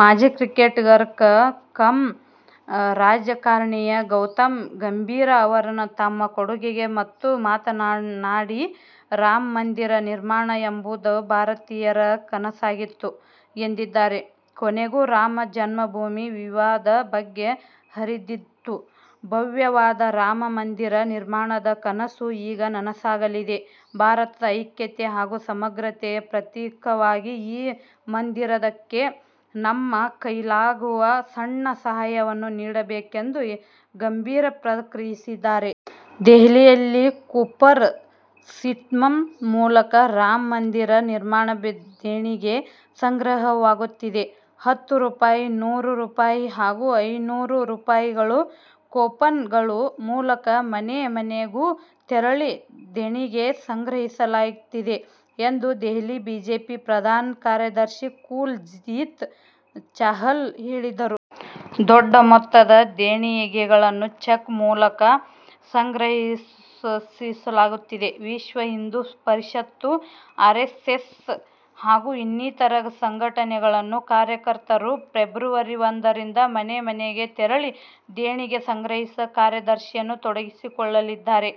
ಮಾಜಿ cricketer cum ರಾಜಕಾರಣಿ ಗೌತಮ್ ಗಂಭೀರ್ ಅವರು ತಮ್ಮ ಕೊಡುಗೆ ಬಗ್ಗೆ ಮಾತನಾಡಿ, ರಾಮ ಮಂದಿರ ನಿರ್ಮಾಣ ಎಂಬುದು ಭಾರತೀಯರ ಕನಸಾಗಿತ್ತು ಎಂದಿದ್ದಾರೆ. ''ಕೊನೆಗೂ ರಾಮ ಜನ್ಮ ಭೂಮಿ ವಿವಾದ ಬಗೆ ಹರಿದಿದ್ದು, ಭವ್ಯವಾದ ರಾಮ ಮಂದಿರ ನಿರ್ಮಾಣದ ಕನಸು ಈಗ ನನಸಾಗಲಿದೆ. ಭಾರತದ ಐಕ್ಯತೆ ಹಾಗೂ ಸಮಗ್ರತೆಯ ಪ್ರತೀಕವಾದ ಈ ಮಂದಿರಕ್ಕೆ ನಮ್ಮ ಕೈಲಾಗುವ ಸಣ್ಣ ಸಹಾಯವನ್ನು ನೀಡಬೇಕಿದೆ'' ಎಂದು ಗಂಭೀರ್ ಪ್ರತಿಕ್ರಿಯಿಸಿದ್ದಾರೆ. ದೆಹಲಿಯಲ್ಲಿ ಕೂಪರ್ ಸಿಸ್ಟಂ ಮೂಲಕ ರಾಮ ಮಂದಿರ ನಿರ್ಮಾಣ ದೇಣಿಗೆ ಸಂಗ್ರಹವಾಗುತ್ತಿದೆ. ಹತ್ತು ರೂಪಾಯಿ, ನೂರು ರೂಪಾಯಿ ಹಾಗೂ ಐನೂರು ರೂಪಾಯಿಗಳ ಕೂಪನ್ ಗಳ ಮೂಲಕ ಮನೆ ಮನೆಗೂ ತೆರಳಿ ದೇಣಿಗೆ ಸಂಗ್ರಹಿಸಲಾಗುತ್ತಿದೆ ಎಂದು ದೆಹಲಿ ಬಿಜೆಪಿ ಪ್ರಧಾನ ಕಾರ್ಯದರ್ಶಿ ಕುಲ್ ಜೀತ್ ಚಾಹಲ್ ಹೇಳಿದರು. ದೊಡ್ಡ ಮೊತ್ತದ ದೇಣಿಗೆಗಳನ್ನು ಚೆಕ್ ಮೂಲಕ್ ಸಂಗ್ರಹಿಸಲಾಗುತ್ತಿದೆ. ವಿಶ್ವಹಿಂದೂಪರಿಷತ್, ಆರೆಸ್ಸೆಸ್ ಹಾಗೂ ಇನ್ನಿತರ ಸಂಘಟನೆಗಳ ಕಾರ್ಯಕರ್ತರು ಫೆಬ್ರವರಿ ಒಂದರಿಂದ ಮನೆ ಮನೆಗೆ ತೆರಳಿ ದೇಣಿಗೆ ಸಂಗ್ರಹ ಕಾರ್ಯದಲ್ಲಿ ತೊಡಗಿಕೊಳ್ಳಲಿದ್ದಾರೆ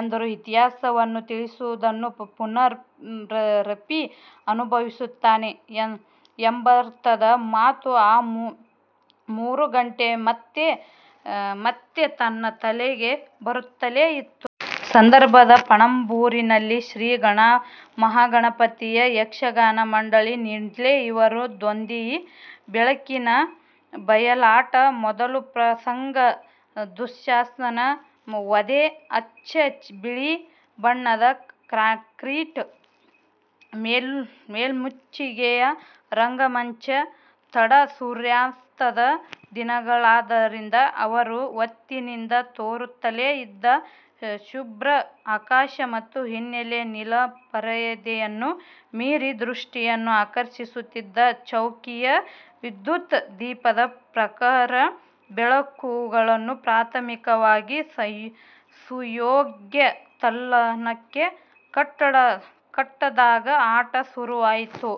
ಎಂದರು. ಇತಿಹಾಸವನ್ನು ತಿಳಿಯದವನು ಪುನರಪಿ ಅನುಭವಿಸುತ್ತಾನೆ ಎಂಬರ್ಥದ ಮಾತು ಆ ಮೂರೂ ಗಂಟೆ ಮತ್ತೆ ಮತ್ತೆ ನನ್ನ ತಲೆಗೆ ಬರುತ್ತಲೇ ಇತ್ತು. ಸಂದರ್ಭ ಪಣಂಬೂರಿನಲ್ಲಿ ಶ್ರೀ ಮಹಾಗಣಪತಿ ಯಕ್ಷಗಾನ ಮಂಡಳಿ, ನಿಡ್ಲೆ ಇವರ ದೊಂದಿ ಬೆಳಕಿನ ಬಯಲಾಟ. ಮೊದಲ ಪ್ರಸಂಗ ದುಶ್ಶಾಸನ ವಧೆ. ಅಚ್ಚ ಬಿಳಿ ಬಣ್ಣದ ಕಾಂಕ್ರಿಟ್ ಮೇಲ್ಮುಚ್ಚಿಗೆಯ ರಂಗಮಂಚ, ತಡ-ಸೂರ್ಯಾಸ್ತದ ದಿನಗಳಾದ್ದರಿಂದ ಅದರ ಒತ್ತಿನಿಂದ ತೋರುತ್ತಲೇ ಇದ್ದ ಶುಭ್ರ ಆಕಾಶ ಮತ್ತು ಹಿನ್ನೆಲೆಯ ನೀಲಪರದೆಯನ್ನು ಮೀರಿ ದೃಷ್ಟಿಯನ್ನು ಆಕರ್ಷಿಸುತ್ತಿದ್ದ ಚೌಕಿಯ ವಿದ್ಯುತ್ ದೀಪದ ಪ್ರಖರ ಬೆಳಕುಗಳು ಪ್ರಾಥಮಿಕವಾಗಿ ಸುಯೋಗ್ಯ ಕತ್ತಲನ್ನೇ ಕಟ್ಟದಾಗ ಆಟ ಸುರುವಾಯ್ತು.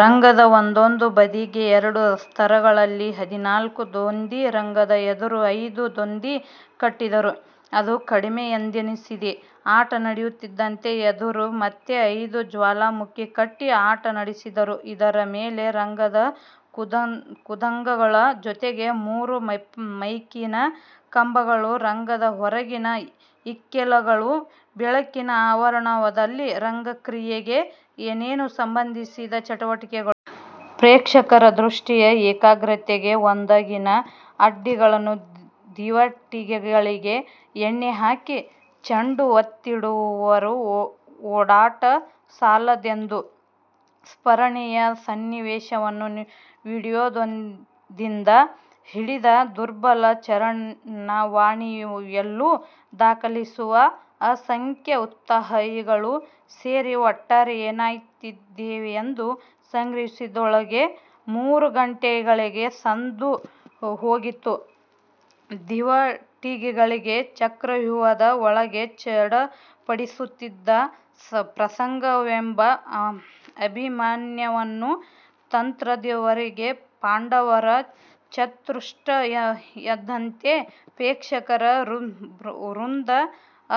ರಂಗದ ಒಂದೊಂದು ಬದಿಗೆ ಎರಡು ಸ್ತರಗಳಲ್ಲಿ ಹದಿನಾಲ್ಕು ದೊಂದಿ, ರಂಗದ ಎದುರು ಐದು ದೊಂದಿ ಕಟ್ಟಿದ್ದರು. ಅದೂ ಕಡಿಮೆ ಎಂದನ್ನಿಸಿ, ಆಟ ನಡೆಯುತ್ತಿದ್ದಂತೆ ಎದುರು ಮತ್ತೆ ಐದು ಜ್ವಾಲಾಮುಖಿ ಕಟ್ಟಿ ಆಟ ನಡೆಸಿದರು. ಇದರ ಮೇಲೆ ರಂಗದ ಕುಂದಗಳ ಜೊತೆಗೆ ಮೂರು ಮೈಕಿನ ಕಂಬಗಳು, ರಂಗದ ಹೊರಗಿನ ಇಕ್ಕೆಲಗಳ ಬೆಳಕಿನ ಆವರಣದಲ್ಲಿ ರಂಗಕ್ರಿಯೆಗೆ ಏನೇನೂ ಸಂಬಂಧಿಸದ ಚಟುವಟಿಕೆಗಳು. ಪ್ರೇಕ್ಷಕನ ದೃಷ್ಟಿಯ ಏಕಾಗ್ರತೆಗೆ ಒದಗಿದ ಅಡ್ಡಿಗಳು. ದೀವಟಿಗೆಗಳಿಗೆ ಎಣ್ಣೆ ಹಾಕಿ, ಚೆಂಡು ಒತ್ತಿಡುವವರ ಓಡಾಟ ಸಾಲದೆಂದು ಸ್ಮರಣೀಯ ಸನ್ನಿವೇಶವನ್ನು ವಿಡಿಯೋದಿಂದ ಹಿಡಿದು ದುರ್ಬಲ ಚರವಾಣಿಯಲ್ಲೂ ದಾಖಲಿಸುವ ಅಸಂಖ್ಯ ಉತ್ಸಾಹಿಗಳೂ ಸೇರಿ ಒಟ್ಟಾರೆ ಏನಾಗುತ್ತಿದೆಯೆಂದು ಗ್ರಹಿಸುವುದರೊಳಗೆ ಮೂರು ಗಂಟೆಗಳೇ ಸಂದು ಹೋಗಿತ್ತು. ದೀವಟಿಗೆಗಳ ಚಕ್ರವ್ಯೂಹದ ಒಳಗೆ ಚಡಪಡಿಸುತ್ತಿದ್ದ ಪ್ರಸಂಗವೆಂಬ ಅಭಿಮನ್ಯುವನ್ನು ತಂತ್ರವರಿಯದ ಪಾಂಡವ ಚತುಷ್ಟಯದಂತೆ ಪ್ರೇಕ್ಷಕ ವೃಂದ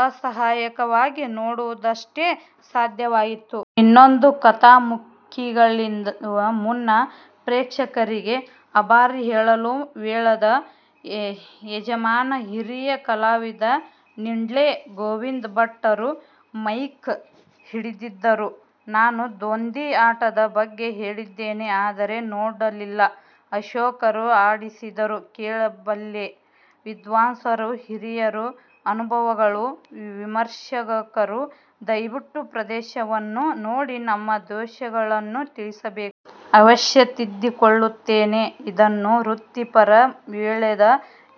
ಅಸಹಾಯಕವಾಗಿ ನೋಡುವುದಷ್ಟೇ ಸಾಧ್ಯವಾಗಿತ್ತು. ಇನ್ನೊಂದು ಕಥಾಮುಖಕ್ಕಿಳಿವ ಮುನ್ನ ಪ್ರೇಕ್ಷಕರಿಗೆ ಅಭಾರಿ ಹೇಳಲು ಮೇಳದ ಯಜಮಾನ, ಹಿರಿಯ ಕಲಾವಿದ ನಿಡ್ಳೆ ಗೋವಿಂದ ಭಟ್ಟರು ಮೈಕ್ ಹಿಡಿದಿದ್ದರು. "ನಾನು ದೊಂದಿ ಆಟದ ಬಗ್ಗೆ ಕೇಳಿದ್ದೇನೆ. ಆದರೆ ನೋಡಿಲ್ಲ. ಅಶೋಕರು ಆಡಿಸಿದ್ದು ಕೇಳಿಬಲ್ಲೆ. ವಿದ್ವಾಂಸರು, ಹಿರಿಯರು, ಅನುಭವಿಗಳು, ವಿಮರ್ಶಕರು ದಯವಿಟ್ಟು ಪ್ರದರ್ಶನವನ್ನು ನೋಡಿ ನಮ್ಮ ದೋಷಗಳನ್ನು ತಿಳಿಸಬೇಕು. ಅವಶ್ಯ ತಿದ್ದಿಕೊಳ್ಳುತ್ತೇವೆ. " ಇದನ್ನು ವೃತ್ತಿಪರ ಮೇಳದ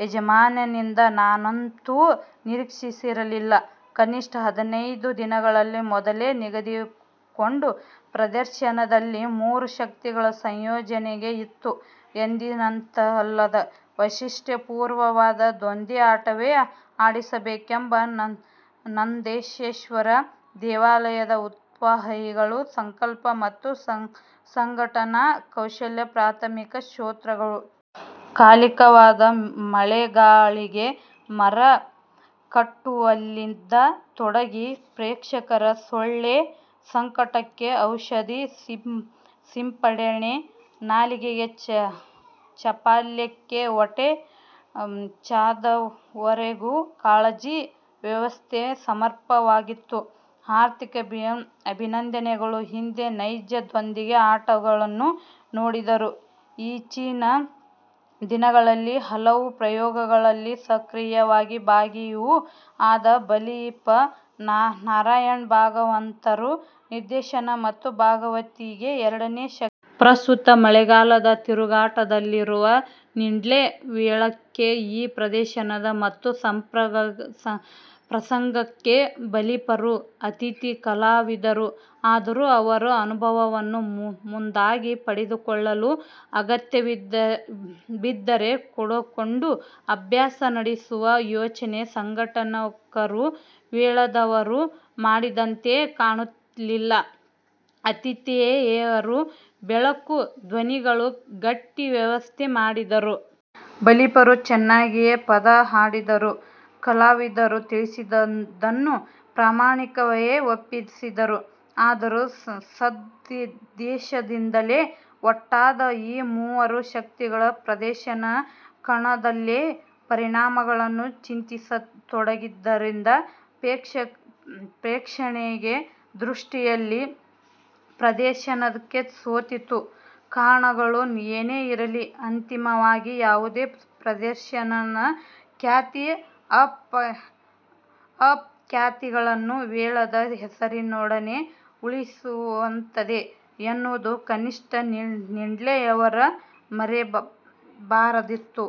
ಯಜಮಾನನಿಂದ ನಾನಂತೂ ನಿರೀಕ್ಷಿಸಿರಲಿಲ್ಲ. ಕನಿಷ್ಠ ಹದಿನೈದು ದಿನಗಳ ಮೊದಲೇ ನಿಗದಿಕೊಂಡ ಪ್ರದರ್ಶನದಲ್ಲಿ ಮೂರು ಶಕ್ತಿಗಳ ಸಂಯೋಜನೆ ಇತ್ತು. ಎಂದಿನಂತಲ್ಲದ, ವೈಶಿಷ್ಟ್ಯಪೂರ್ಣವಾದ ದೊಂದಿ ಆಟವೇ ಆಡಿಸಬೇಕೆಂಬ ನಂದನೇಶ್ವರ ದೇವಾಲಯದ ಉತ್ಸಾಹಿಗಳ ಸಂಕಲ್ಪ ಮತ್ತು ಸಂಘಟನಾ ಕೌಶಲ್ಯ ಪ್ರಾಥಮಿಕ ಸ್ರೋತಸ್ಸು. ಕಾಲಿಕವಾದ ಮಳೆಗಾಳಿಗೆ ಮರೆ ಕಟ್ಟುವಲ್ಲಿಂದ ತೊಡಗಿ, ಪ್ರೇಕ್ಷಕರ ಸೊಳ್ಳೆ ಸಂಕಟಕ್ಕೆ ಔಷಧ ಸಿಂಪಡಣೆ, ನಾಲಿಗೆ ಚಾಪಲ್ಯಕ್ಕೆ ವಡೆ ಚಾದವರೆಗೂ ಕಾಳಜಿ, ವ್ಯವಸ್ಥೆ ಸಮರ್ಥವಾಗಿತ್ತು; ಹಾರ್ದಿಕ ಅಭಿನಂದನೆಗಳು. ಹಿಂದೆ ನೈಜ ದೊಂದಿ ಆಟಗಳನ್ನು ನೋಡಿದ, ಈಚಿನ ದಿನಗಳ ಹಲವು ಪ್ರಯೋಗಗಳಲ್ಲಿ ಸಕ್ರಿಯವಾಗಿ ಭಾಗಿಯೂ ಆದ ಬಲಿಪ ನಾರಾಯಣ ಭಾಗವತರ ನಿರ್ದೇಶನ ಮತ್ತು ಭಾಗವತಿಕೆ ಎರಡನೇ ಶಕ್ತಿ. ಪ್ರಸ್ತುತ ಮಳೆಗಾಲದ ತಿರುಗಾಟದಲ್ಲಿರುವ ನಿಡ್ಳೆ ಮೇಳಕ್ಕೆ ಈ ಪ್ರದರ್ಶನ ಮತ್ತು ಪ್ರಸಂಗಕ್ಕೆ ಬಲಿಪರು ಅತಿಥಿ ಕಲಾವಿದರು. ಆದರೂ ಅವರ ಅನುಭವವನ್ನು ಮುಂದಾಗಿ ಪಡೆದುಕೊಳ್ಳುವ, ಅಗತ್ಯ ಬಿದ್ದರೆ ಕೂಡಿಕೊಂಡು ಅಭ್ಯಾಸ ನಡೆಸುವ ಯೋಚನೆ ಸಂಘಟಕರೂ ಮೇಳದವರೂ ಮಾಡಿದಂತೆ ಕಾಣಲಿಲ್ಲ. ಆತಿಥೇಯರು ಬೆಳಕು, ಧ್ವನಿಗಳ ಗಟ್ಟಿ ವ್ಯವಸ್ಥೆ ಮಾಡಿದ್ದರು. ಬಲಿಪರು ಚೆನ್ನಾಗಿಯೇ ಪದ ಹಾಡಿದರು. ಕಲಾವಿದರು ತಿಳಿದದ್ದನ್ನು ಪ್ರಾಮಾಣಿಕವಾಗಿಯೇ ಒಪ್ಪಿಸಿದರು. ಆದರೂ ಸದುದ್ದೇಶದಿಂದಲೇ ಒಟ್ಟಾದ ಈ ಮೂರೂ ಶಕ್ತಿಗಳು ಪ್ರದರ್ಶನ ಕಣದಲ್ಲೇ ಪರಿಣಾಮಗಳನ್ನು ಚಿಂತಿಸತೊಡಗಿದ್ದರಿಂದ ಪ್ರೇಕ್ಷಣೆಯ ದೃಷ್ಟಿಯಲ್ಲಿ ಪ್ರದರ್ಶನ ಸೋತಿತು! ಕಾರಣಗಳು ಏನೇ ಇರಲಿ, ಅಂತಿಮವಾಗಿ ಯಾವುದೇ ಪ್ರದರ್ಶನದ ಖ್ಯಾತಿ ಅಪಖ್ಯಾತಿಗಳು ಮೇಳದ ಹೆಸರಿನೊಡನೆ ಉಳಿಯುತ್ತದೆ ಎನ್ನುವುದನ್ನು ಕನಿಷ್ಠ ನಿಡ್ಳೆಯವರು ಮರೆಯಬಾರದಿತ್ತು.